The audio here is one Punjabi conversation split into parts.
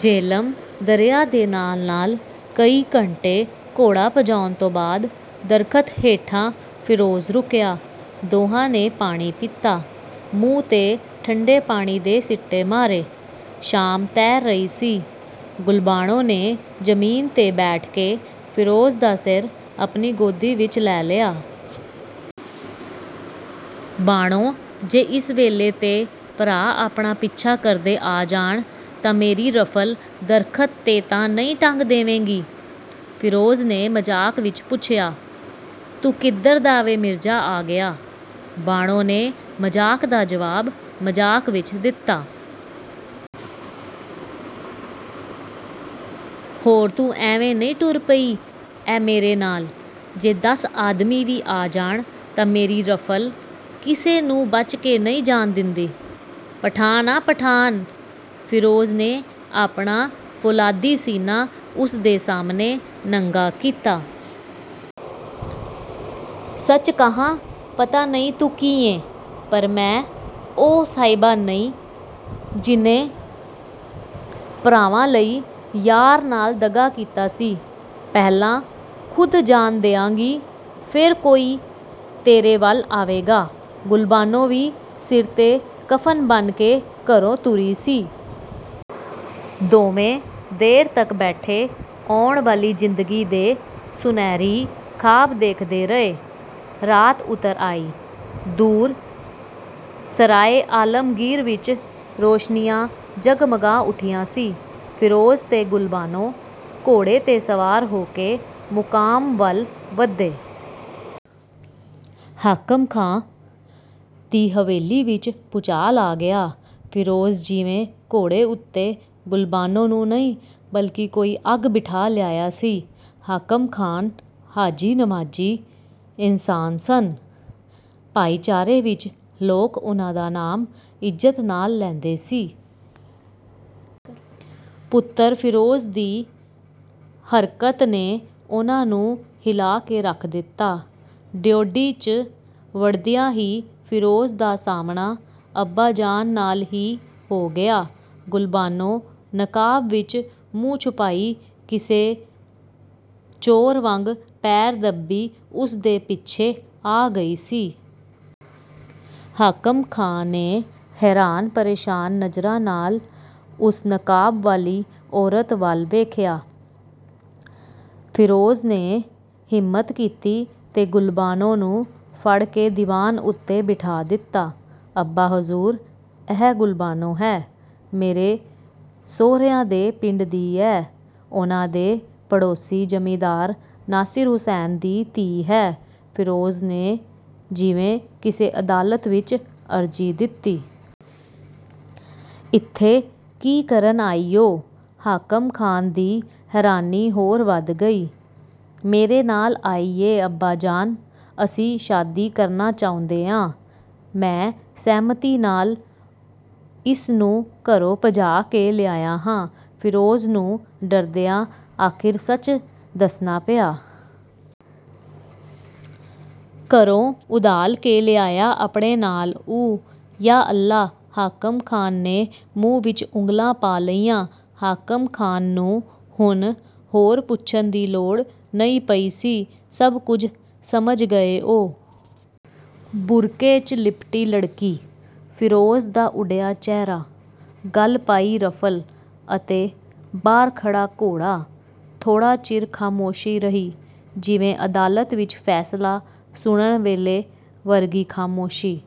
ਜੇਹਲਮ ਦਰਿਆ ਦੇ ਨਾਲ ਨਾਲ ਕਈ ਘੰਟੇ ਘੋੜਾ ਭਜਾਉਣ ਤੋਂ ਬਾਅਦ ਦਰੱਖਤ ਹੇਠਾਂ ਫਿਰੋਜ਼ ਰੁਕਿਆ। ਦੋਹਾਂ ਨੇ ਪਾਣੀ ਪੀਤਾ, ਮੂੰਹ ਤੇ ਠੰਡੇ ਪਾਣੀ ਦੇ ਸਿੱਟੇ ਮਾਰੇ। ਸ਼ਾਮ ਤੈਰ ਰਹੀ ਸੀ, ਗੁਲਬਾਨੋ ਨੇ ਜ਼ਮੀਨ ਤੇ ਬੈਠ ਕੇ ਫਿਰੋਜ਼ ਦਾ ਸਿਰ ਆਪਣੀ ਗੋਦੀ ਵਿਚ ਲੈ ਲਿਆ। ਬਾਨੋ… ਜੇ ਇਸ ਵੇਲੇ ਤੇ ਭਰਾ ਆਪਣਾ ਪਿੱਛਾ ਕਰਦੇ ਆ ਜਾਣ ਤਾਂ ਮੇਰੀ ਰਫ਼ਲ ਦਰੱਖਤ ਤੇ ਤਾਂ ਨਹੀ ਟੰਗ ਦੇਵੇਗੀ…! ਫਿਰੋਜ਼ ਨੇ ਮਜ਼ਾਕ ਵਿੱਚ ਪੁੱਛਿਆ। "ਤੂੰ ਕਿੱਧਰ ਦਾ ਵੇ ਮਿਰਜ਼ਾ ਆ ਗਿਆ..! ਬਾਨੋ ਨੇ ਮਜ਼ਾਕ ਦਾ ਜਵਾਬ ਮਜ਼ਾਕ ਵਿੱਚ ਦਿਤਾ। ਹੋਰ ਤੂੰ ਐਵੇਂ ਨੀ ਟੁਰ ਪਈ ਏਂ ਮੇਰੇ ਨਾਲ..! ਜੇ ਦਸ ਆਦਮੀ ਵੀ ਆ ਜਾਣ, ਤਾਂ ਮੇਰੀ ਰਫ਼ਲ ਕਿਸੇ ਨੂੰ ਬੱਚ ਕੇ ਨਹੀ ਜਾਣ ਦਿੰਦੀ… ਪਠਾਣ ਹਾਂ ਪਠਾਣ… ਫਿਰੋਜ਼ ਨੇ ਆਪਣਾ ਫੌਲਾਦੀ ਸੀਨਾ ਉਸ ਦੇ ਸਾਹਮਣੇ ਨੰਗਾ ਕੀਤਾ। "ਸੱਚ ਕਹਾਂ ਪਤਾ ਨਹੀਂ ਤੂੰ ਕੀ ਏਂ! ਪਰ ਮੈਂ ਉਹ ਸਹਿਬਾਂ ਨਹੀ, ਜਿਹਨੇ ਭਰਾਵਾਂ ਲਈ ਯਾਰ ਨਾਲ ਦਗਾ ਕੀਤਾ ਸੀ। ਪਹਿਲਾ ਖੁੱਦ ਜਾਨ ਦਿਆਂਗੀ, ਫੇਰ ਕੋਈ ਤੇਰੇ ਵੱਲ ਆਵੇਗਾ…. ਗੁਲਬਾਨੋ ਵੀ ਸਿਰ ਤੇ ਕਫਨ ਬੰਨ੍ਹ ਕੇ ਘਰੋ ਤੁਰੀ ਸੀ। ਦੋਵੇ ਦੇਰ ਤੱਕ ਬੈਠੇ ਆਉਣ ਵਾਲੀ ਜ਼ਿੰਦਗੀ ਦੇ ਸੁਨਹਿਰੀ ਖ਼ਾਬ ਦੇਖਦੇ ਰਹੇ। ਰਾਤ ਉਤਰ ਆਈ, ਦੂਰ 'ਸਰਾਏ ਆਲਮਗੀਰ' ਵਿੱਚ ਰੋਸ਼ਨੀਆਂ ਜਗਮਗਾ ਉਠੀਆ ਸੀ। ਫਿਰੋਜ਼ ਤੇ ਗੁਲਬਾਨੋ ਘੋੜੇ ਤੇ ਸਵਾਰ ਹੋ ਕੇ ਮੁਕਾਮ ਵੱਲ ਵਧੇ। "ਹਾਕਮ ਖ਼ਾਨ ਦੀ ਹਵੇਲੀ ਵਿੱਚ ਭੁਚਾਲ ਆ ਗਿਆ। ਫਿਰੋਜ਼ ਜਿਵੇਂ ਘੋੜੇ ਉਤੇ ਗੁਲਬਾਨੋ ਨੂੰ ਨਹੀ ਬਲਕਿ ਕੋਈ ਅੱਗ ਬਿਠਾ ਲਿਆਇਆਂ ਸੀ। ਹਾਕਮ ਖ਼ਾਨ 'ਹਾਜੀ-ਨਮਾਜ਼ੀ' ਇਨਸਾਨ ਸਨ। ਭਾਈਚਾਰੇ ਵਿੱਚ ਲੋਕ ਉਨ੍ਹਾਂ ਦਾ ਨਾਮ ਇਜ਼ਤ ਨਾਲ ਲੈਦੇਂ ਸੀ। ਪੁੱਤਰ ਫਿਰੋਜ਼ ਦੀ ਹਰਕਤ ਨੇ ਉਨ੍ਹਾਂ ਨੂੰ ਹਿਲਾ ਕੇ ਰੱਖ ਦਿਤਾ। ਡਿਉਢੀ, ਚ' ਵੜਦਿਆਂ ਹੀ ਫਿਰੋਜ਼ ਦਾ ਸਾਹਮਣਾ ਅੱਬਾਜਾਨ ਨਾਲ ਹੀ ਹੋ ਗਿਆ। ਗੁਲਬਾਨੋ ਨਕਾਬ ਵਿੱਚ ਮੂੰਹ ਛੁਪਾਈ ਕਿਸੇ ਚੋਰ ਵਾਂਗ ਪੈਰ ਦੱਬੀ ਉਸਦੇ ਪਿੱਛੇ ਆ ਗਈ ਸੀ। ਹਾਕਮ ਖਾਨ ਨੇ ਹੈਰਾਨ ਪਰੇਸ਼ਾਨ ਨਜ਼ਰਾਂ ਨਾਲ ਉਸ ਨਕਾਬ ਵਾਲੀ ਔਰਤ ਵੱਲ ਵੇਖਿਆ। ਫਿਰੋਜ਼ ਨੇ ਹਿੰਮਤ ਕੀਤੀ ਤੇ ਗੁਲਬਾਨੋ ਨੂੰ ਫੜਕੇ ਦੀਵਾਨ ਉਤੇ ਬਿਠਾ ਦਿਤਾ। "ਅੱਬਾ ਹਜ਼ੂਰ… ਇਹ ਗੁਲਬਾਨੋ ਹੈ, ਮੇਰੇ ਸਹੁਰਿਆਂ ਦੇ ਪਿੰਡ ਦੀ ਏਂ, ਉਨ੍ਹਾਂ ਦੇ ਪੜੋਸੀ ਜ਼ਮੀਨਦਾਰ ਨਾਸਿਰ ਹੁਸੈਨ ਦੀ ਧੀ ਹੈ"… ਫਿਰੋਜ਼ ਨੇ ਜਿਵੇਂ ਕਿਸੇ ਅਦਾਲਤ ਵਿੱਚ ਅਰਜ਼ੀ ਦਿਤੀ। "ਇਥੇ ਕੀ ਕਰਨ ਆਈ ਊ….! ਹਾਕਮ ਖਾਨ ਦੀ ਹੈਰਾਨੀ ਹੋਰ ਵੱਧ ਗਈ… "ਮੇਰੇ ਨਾਲ ਆਈ ਏ ਅੱਬਾ ਜਾਨ, ਅਸੀ ਸ਼ਾਦੀ ਕਰਨਾ ਚਹੁੰਦੇ ਹਾਂ। ਮੈਂ ਸਹਿਮਤੀ ਨਾਲ ਇਸ ਨੂੰ ਘਰੋ ਭਜਾ ਕੇ ਲਿਆਇਆ ਹਾਂ… ਫਿਰੋਜ਼ ਨੂੰ ਡਰਦਿਆ ਆਖਿਰ ਸੱਚ ਦੱਸਣਾ ਪਿਆ…. ਘਰੋ ਉਧਾਲ ਕੇ ਲਿਆਇਆ ਆਪਣੇ ਨਾਲ ਊ…! ਯਾਹ ਅੱਲਾਹ! ਹਾਕਮ ਖਾਨ ਨੇ ਮੂੰਹ ਵਿੱਚ ਉਗਲਾਂ ਪਾ ਲਈਆ। ਹਾਕਮ ਖਾਨ ਨੂੰ ਹੁਣ ਹੋਰ ਪੁੱਛਣ ਦੀ ਲੋੜ ਨਹੀ ਪਈ ਸੀ। ਸਭ ਕੁਝ ਸਮਝ ਗਏ ਉਹ। ਬੁਰਕੇ, ਚ' ਲਿਪਟੀ ਲੜਕੀ, ਫਿਰੋਜ਼ ਦਾ ਉਡਿਆ ਚਿਹਰਾ, ਗਲ ਪਾਈ ਰਫਲ ਅਤੇ ਬਾਹਰ ਖੜ੍ਹਾ ਘੋੜਾ। ਥੋੜ੍ਹਾ ਚਿਰ ਖਾਮੋਸ਼ੀ ਰਹੀ, ਜਿਵੇਂ ਅਦਾਲਤ ਵਿੱਚ ਫੈਸਲਾ ਸੁਨਣ ਵੇਲੇ ਵਰਗੀ ਖਾਮੋਸ਼ੀ।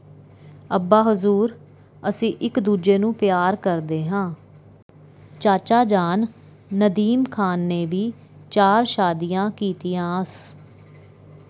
"ਅੱਬਾ ਹਜ਼ੂਰ"ਅਸੀ ਇੱਕ ਦੂਜੇ ਨੂੰ ਪਿਆਰ ਕਰਦੇ ਹਾਂ। ਚਾਚਾ ਜਾਨ ਨਦੀਮ ਖ਼ਾਨ ਨੇ ਵੀ ਚਾਰ ਸ਼ਾਦੀਆ ਕੀਤੀਆ ਸ।